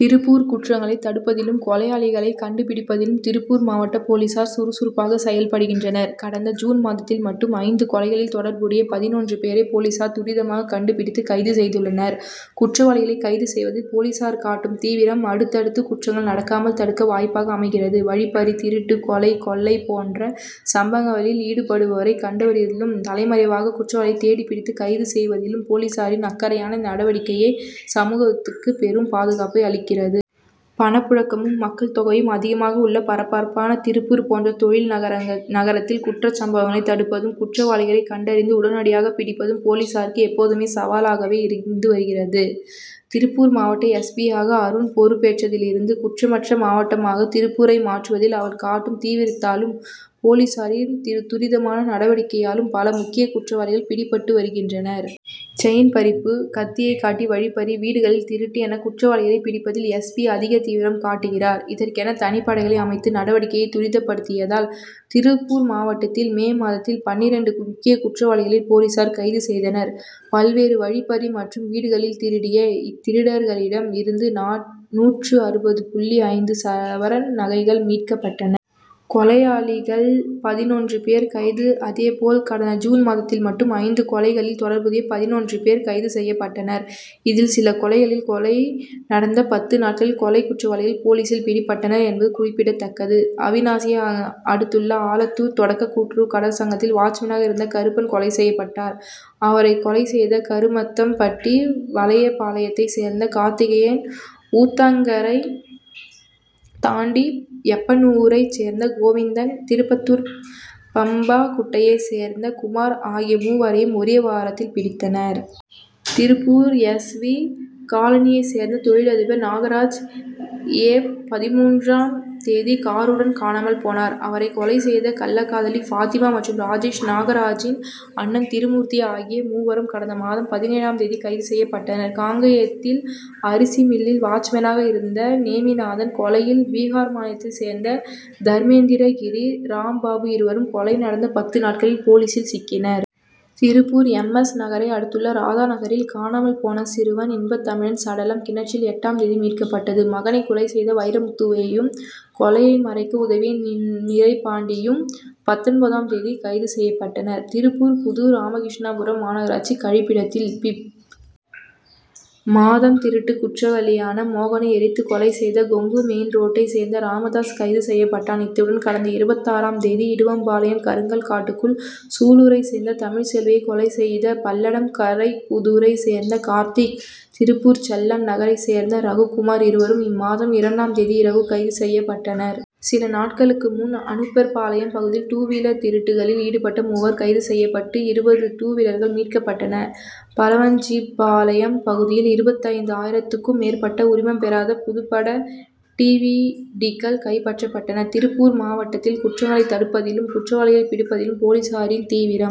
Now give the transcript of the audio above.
திருப்பூர் குற்றங்களை தடுப்பதிலும், கொலையாளிகளை கண்டு பிடிப்பதிலும் திருப்பூர் மாவட்ட போலீசார் சுறுசுறுப்பாக செயல்படுகின்றனர்; கடந்த ஜூன் மாதத்தில் மட்டும் ஐந்து கொலைகளில் தொடர்புடைய பதினொன்று பேரை போலீசார் துரிதமாக கண்டு பிடித்து கைது செய்துள்ளனர். குற்றவாளிகளை கைது செய்வதில் போலீசார் காட்டும் தீவிரம், அடுத் தடுத்து குற்றங்கள் நடக்காமல் தடுக்க வாய்ப்பாக அமைகிறது; வழிப்பறி, திருட்டு, கொலை, கொள்ளை போன்ற சம்பவங்களில் ஈடுபடுவோரை கண்டறிவதிலும், தலைமறைவாகும் குற்றவாளிகளை தேடிப்பிடித்து கைது செய்வதிலும் போலீசாரின் அக்கறை யான நடவடிக்கையே, சமூகத்துக்கு பெரும் பாதுகாப்பை அளிக்கிறது. பணப்புழக்கமும், மக்கள் தொகை யும் அதிகமாக உள்ள பரபரப்பான திருப்பூர் போன்ற தொழில் நகரத்தில், குற்றச்சம்பவங்களை தடுப்பதும், குற்ற வாளிகளை கண்டறிந்து உடனடியாக பிடிப்பதும் போலீசாருக்கு எப்போதுமே சவாலாகவே இருந்து வருகிறது. திருப்பூர் மாவட்ட எஸ். பி.,யாக அருண் பொறுப்பேற்றதில் இருந்து, குற்றமற்ற மாவட்டமாக திருப்பூரை மாற்றுவதில் அவர் காட்டும் தீவிரத்தாலும், போலீசாரின் துரிதமான நடவடிக்கையாலும் பல முக்கிய குற்றவாளிகள் பிடிபட்டு வருகின்றனர். செயின் பறிப்பு, கத்தியை காட்டி வழிப்பறி, வீடுகளில் திருட்டு என குற்றவாளிகளை பிடிப்பதில் எஸ். பி., அதிக தீவிரம் காட்டுகிறார்; இதற்கென தனிப்படைகளை அமைத்து, நடவடிக்கையை துரிதப்படுத்தியதால், திருப்பூர் மாவட்டத்தில் மே மாதத்தில் பன்னிரண்டு முக்கிய குற்றவாளிகளை போலீசார் கைது செய்தனர்; பல்வேறு வழிப்பறி மற்றும் வீடுகளில் திருடிய இத் திருடர்களிடம் இருந்து நாற் நூற்று அறுபது புள்ளி ஐந்து சவரன் நகைகள் மீட்கப்பட்டன. கொலையாளிகள் பதினொன்று பேர் கைது அதேபோல், கடந்த ஜூன் மாதத்தில் மட்டும் ஐந்து கொலைகளில் தொடர்புடைய பதினொன்று பேர் கைது செய்யப் பட்டனர். இதில் சில கொலைகளில், கொலை நடந்த பத்து நாட்களில் கொலைக்குற்றவாளிகள் போலீசில் பிடிபட்டனர் என்பது குறிப்பிடத் தக்கது. அவிநாசியை அடுத்துள்ள ஆலத்தூர் தொடக்க கூட்டுறவு கடன் சங்கத்தில் வாட்ச்மேனாக இருந்த கருப்பன் கொலை செய்யப்பட்டார்; அவரை கொலை செய்த கருமத்தம் பட்டி வலையபாளையத்தை சேர்ந்த கார்த்திகேயன், ஊத்தங்கரை தாண்டி யப்பனூரை சேர்ந்த கோவிந்தன், திருப்பத்தூர் பம்பாகுட்டையை சேர்ந்த குமார் ஆகிய மூவரையும், ஒரே வாரத்தில் பிடித்தனர். திருப்பூர் எஸ். வி., காலனியைச் சேர்ந்த தொழிலதிபர் நாகராஜ், ஏப்., பதின்மூன்றாம் தேதி காருடன் காணாமல் போனார். அவரை கொலை செய்த கள்ளக்காதலி பாத்திமா மற்றும் ராஜேஷ், நாகராஜின் அண்ணன் திருமூர்த்தி ஆகிய மூவரும் கடந்த மாதம் பதினேழாம் தேதி கைது செய்யப்பட்டனர். காங்கயத்தில் அரிசி மில்லில் வாட்ச்மேனாக இருந்த நேமிநாதன் கொலையில், பீகார் மாநிலத்தைச் சேர்ந்த தர்மேந்திர கிரி, ராம்பாபு இருவரும், கொலை நடந்த பத்து நாட்களில் போலீசில் சிக்கினர். திருப்பூர் எம். எஸ்., நகரை அடுத்துள்ள ராதா நகரில் காணாமல் போன சிறுவன் இன்பத்தமிழன் சடலம், கிணற்றில் எட்டாம் தேதி மீட்கப் பட்டது. மகனை கொலை செய்த வைரமுத்துவையும், கொலையை மறைக்க உதவிய நிறைபாண்டியும், பத்தொன்பதாம் தேதி கைது செய்யப்பட்டனர். திருப்பூர் புது ராமகிருஷ்ணாபுரம் மாநகராட்சி கழிப்பிடத்தில் பிப்., மாதம் திருட்டு குற்றவாளியான மோகனை எரித்துக்கொலை செய்த, கொங்கு மெயின் ரோட்டை சேர்ந்த ராமதாஸ் கைது செய்யப்பட்டான். இத்துடன் கடந்த இருபத்தாறாம் தேதி, இடுவம்பாளையம் கருங்கல் காட்டுக்குள் சூலூரை சேர்ந்த தமிழ் செல்வியை கொலை செய்த, பல்லடம் கரைப்புதூரை சேர்ந்த கார்த்திக், திருப்பூர் செல்லம் நகரைச் சேர்ந்த ரகு குமார் இருவரும் இம்மாதம் இரண்டாம் தேதி இரவு கைது செய்யப்பட்டனர். சில நாட்களுக்கு முன், அனுப்பர் பாளையம் பகுதியில் டூவீலர் திருட்டு களில் ஈடுபட்ட மூவர் கைது செய்யப் பட்டு இருபது டூவீலர்கள் மீட்கப்பட்டன; பலவஞ்சிபாளையம் பகுதியில் இருபத்தைந்து ஆயிரத்துக்கும் மேற்பட்ட உரிமம் பெறாத புதுப்பட டிவிடிக்கள் கைப்பற்றப்பட்டன. திருப்பூர் மாவட்டத்தில் குற்றங் களை தடுப்பதிலும், குற்றவாளிகளை பிடிப்பதிலும் போலீசாரின் தீவிரம்